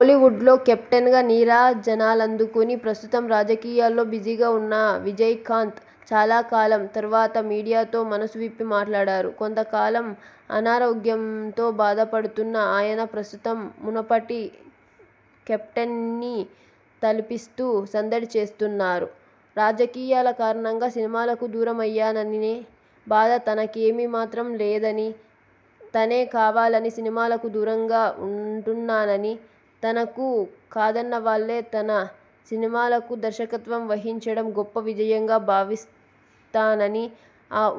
కోలీవుడ్లో కెప్టెన్గా నీరాజనాలందుకుని, ప్రస్తుతం రాజకీయాల్లో బిజీగా ఉన్న విజయకాంత్ చాలాకాలం తరువాత మీడియాతో మనసు విప్పి మాట్లాడారు. కొంతకాలం అనారోగ్యంతో బాధపడుతున్న ఆయన ప్రస్తుతం మునుపటి కెప్టెన్ని తలపిస్తూ సందడి చేస్తున్నారు. రాజకీయాల కారణంగా సినిమాలకు దూరమయ్యానన్న బాధ తనకేమాత్రం లేదని, తనే కావాలని సినిమాలకు దూరంగా ఉంటున్నానని, తనను కాదన్నవాళ్ళే తన సినిమాలకు దర్శకత్వం వహించడం గొప్ప విజయంగా భావిస్తానని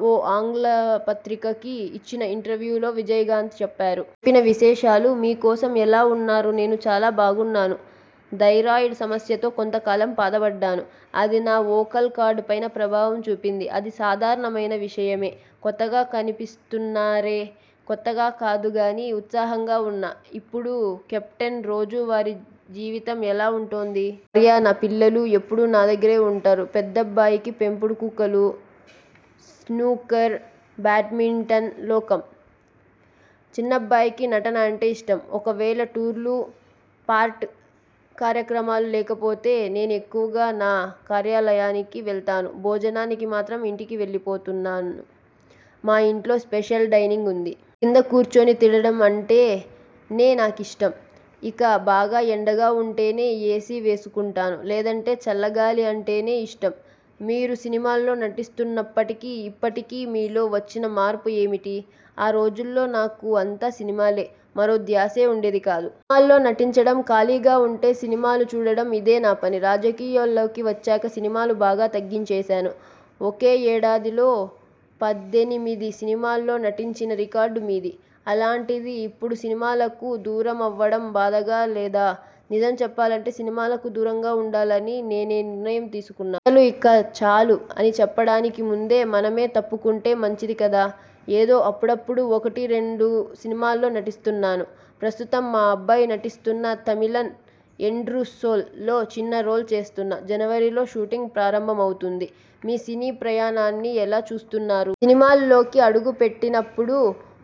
ఓ ఆంగ్ల పత్రికకి ఇచ్చిన ఇంటర్వ్యూలో విజయకాంత్ చెప్పారు. ఆయన చెప్పిన విశేషాలు మీ కోసం ఎలా ఉన్నారు నేను చాలా బాగున్నాను. థైరాయిడ్ సమస్యతో కొంతకాలం బాధపడ్డాను. అది నా వోకల్ కార్డ్ పైన ప్రభావం చూపింది. అది సాధారణమైన విషయమే. కొత్తగా కనిపిస్తున్నారే. కొత్తగా కాదుగానీ, ఉత్సాహంగా ఉన్నా. ఇప్పుడు కెప్టెన్ రోజువారీ జీవితం ఎలా ఉంటోంది. నా భార్య, నా బిడ్డలు ఎప్పుడూ నా దగ్గరే ఉంటారు. పెద్దబ్బాయికి పెంపుడు కుక్కలు, స్నూకర్, బ్యాడ్మింటన్ లోకం. చిన్నబ్బాయికి నటన అంటే ఇష్టం. ఒకవేళ టూర్లు, పార్ట్ కార్యక్రమాలు లేకపోతే నేను ఎక్కువగా నా కార్యాలయానికి వెళ్తాను. భోజనానికి మాత్రం ఇంటికి వెళ్లిపోతున్నాను. మా ఇంట్లో స్పెషల్ డైనింగ్ ఉంది. కింద కూర్చుని తినడం అంటేనే నాకిష్టం. ఇక బాగా ఎండగా ఉంటేనే ఏసీ వేసుకుంటాను. లేదంటే చల్లగాలి అంటేనే ఇష్టం. మీరు సినిమాల్లో నటిస్తున్నప్పటికీ, ఇప్పటికీ మీలో వచ్చిన మార్పు ఏమిటి ఆ రోజుల్లో నాకు అంతా సినిమాలే. మరో ధ్యాసే ఉండేది కాదు. సినిమాల్లో నటించడం, ఖాళీగా ఉంటే సినిమాలు చూడడం ఇదే నా పని. రాజకీయాల్లోకి వచ్చాక సినిమాలు బాగా తగ్గించేశాను. ఒకే ఏడాదిలో పద్దెనిమిది సినిమాల్లో నటించిన రికార్డు మీది. అలాంటిది ఇప్పుడు సినిమాలకు దూరమవ్వడం బాధగా లేదా నిజం చెప్పాలంటే సినిమాలకు దూరంగా ఉండాలని నేనే నిర్ణయం తీసుకున్న. ప్రజలు ఇక చాలు అని చెప్పడానికి ముందే మనమే తప్పుకుంటే మంచిది కదా. ఏదో అప్పుడప్పుడూ ఒకటి, రెండు సినిమాల్లో నటిస్తున్నాను. ప్రస్తుతం మా అబ్బాయి నటిస్తున్న 'తమిళన్ ఎండ్రు సొల్'లో చిన్న రోల్ చేస్తున్నా. జనవరిలో షూటింగ్ ప్రారంభమవుతుంది. మీ సినీప్రయాణాన్ని ఎలా చూస్తున్నారు. సినిమాల్లోకి అడుగుపెట్టినప్పుడు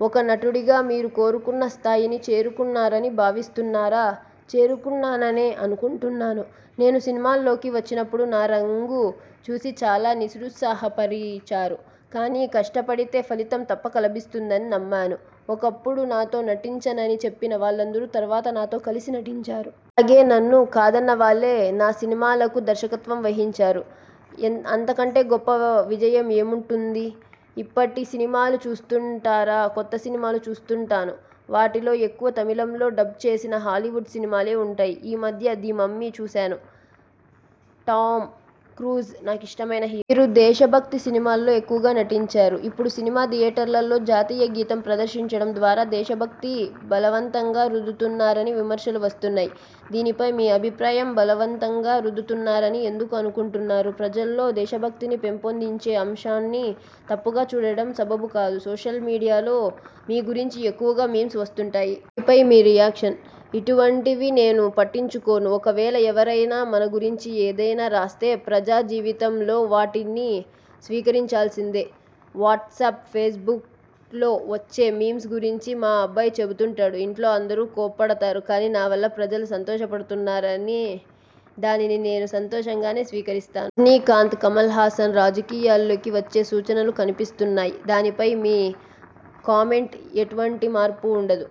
ఒక నటుడిగా మీరు కోరుకున్న స్థాయిని చేరుకున్నారని భావిస్తున్నారా చేరుకున్నాననే అనుకుంటున్నాను. నేను సినిమాల్లోకి వచ్చినప్పుడు నా రంగు చూసి చాలా నిరుత్సాహపరిచారు. కానీ, కష్టపడితే ఫలితం తప్పక లభిస్తుందని నమ్మాను. ఒకప్పుడు నాతో నటించనని చెప్పిన వాళ్లందరూ తరువాత నాతో కలిసి నటించారు. అలాగే నన్ను కాదన్నవాళ్లే నా సినిమాలకు దర్శకత్వం వహించారు. అంతకంటే గొప్ప విజయం ఏముంటుంది ఇప్పటి సినిమాలు చూస్తుంటారా కొత్త సినిమాలు చూస్తుంటాను. వాటిలో ఎక్కువ తమిళంలో డబ్ చేసిన హాలీవుడ్ సినిమాలే ఉంటాయి. ఈ మధ్య 'ది మమ్మీ' చూశాను. టామ్ క్రూజ్ నాకిష్టమైన. మీరు దేశభక్తి సినిమాల్లో ఎక్కువగా నటించారు. ఇప్పుడు సినిమా థియేటర్లలో జాతీయగీతం ప్రదర్శించడం ద్వారా దేశభక్తి బలవంతంగా రుద్దుతున్నారని విమర్శలు వస్తున్నాయి. దీనిపై మీ అభిప్రాయం బలవంతంగా రద్దుతున్నారని ఎందుకు అనుకుంటున్నారు? ప్రజల్లో దేశభక్తిని పెంపొందించే అంశాన్ని తప్పుగా చూడడం సబబు కాదు. సోషల్ మీడియాలో మీ గురించి ఎక్కువగా మీమ్స్ వస్తుంటాయి. వాటిపై మీ రియాక్షన్ ఇటువంటివి నేను పట్టించుకోను. ఒకవేళ ఎవరైనా మన గురించి ఏదైనా రాస్తే ప్రజా జీవితంలో వాటిని స్వీకరించాల్సిందే. వాట్సాప్, ఫేస్బుక్లో వచ్చే మీమ్స్ గురించి మా అబ్బాయి చెబుతుంటాడు. ఇంట్లో అందరూ కోప్పడతారు. కానీ, నావల్ల ప్రజలు సంతోషపడుతున్నరాని దానిని నేనూ సంతోషంగానే స్వీకరిస్తాను. రజనీకాంత్, కమల్హాసన్ రాజకీయాల్లోకి వచ్చే సూచనలు కన్పిస్తున్నాయి. దీనిపై మీ కామెంట్ఎటువంటి మార్పూ ఉండదు.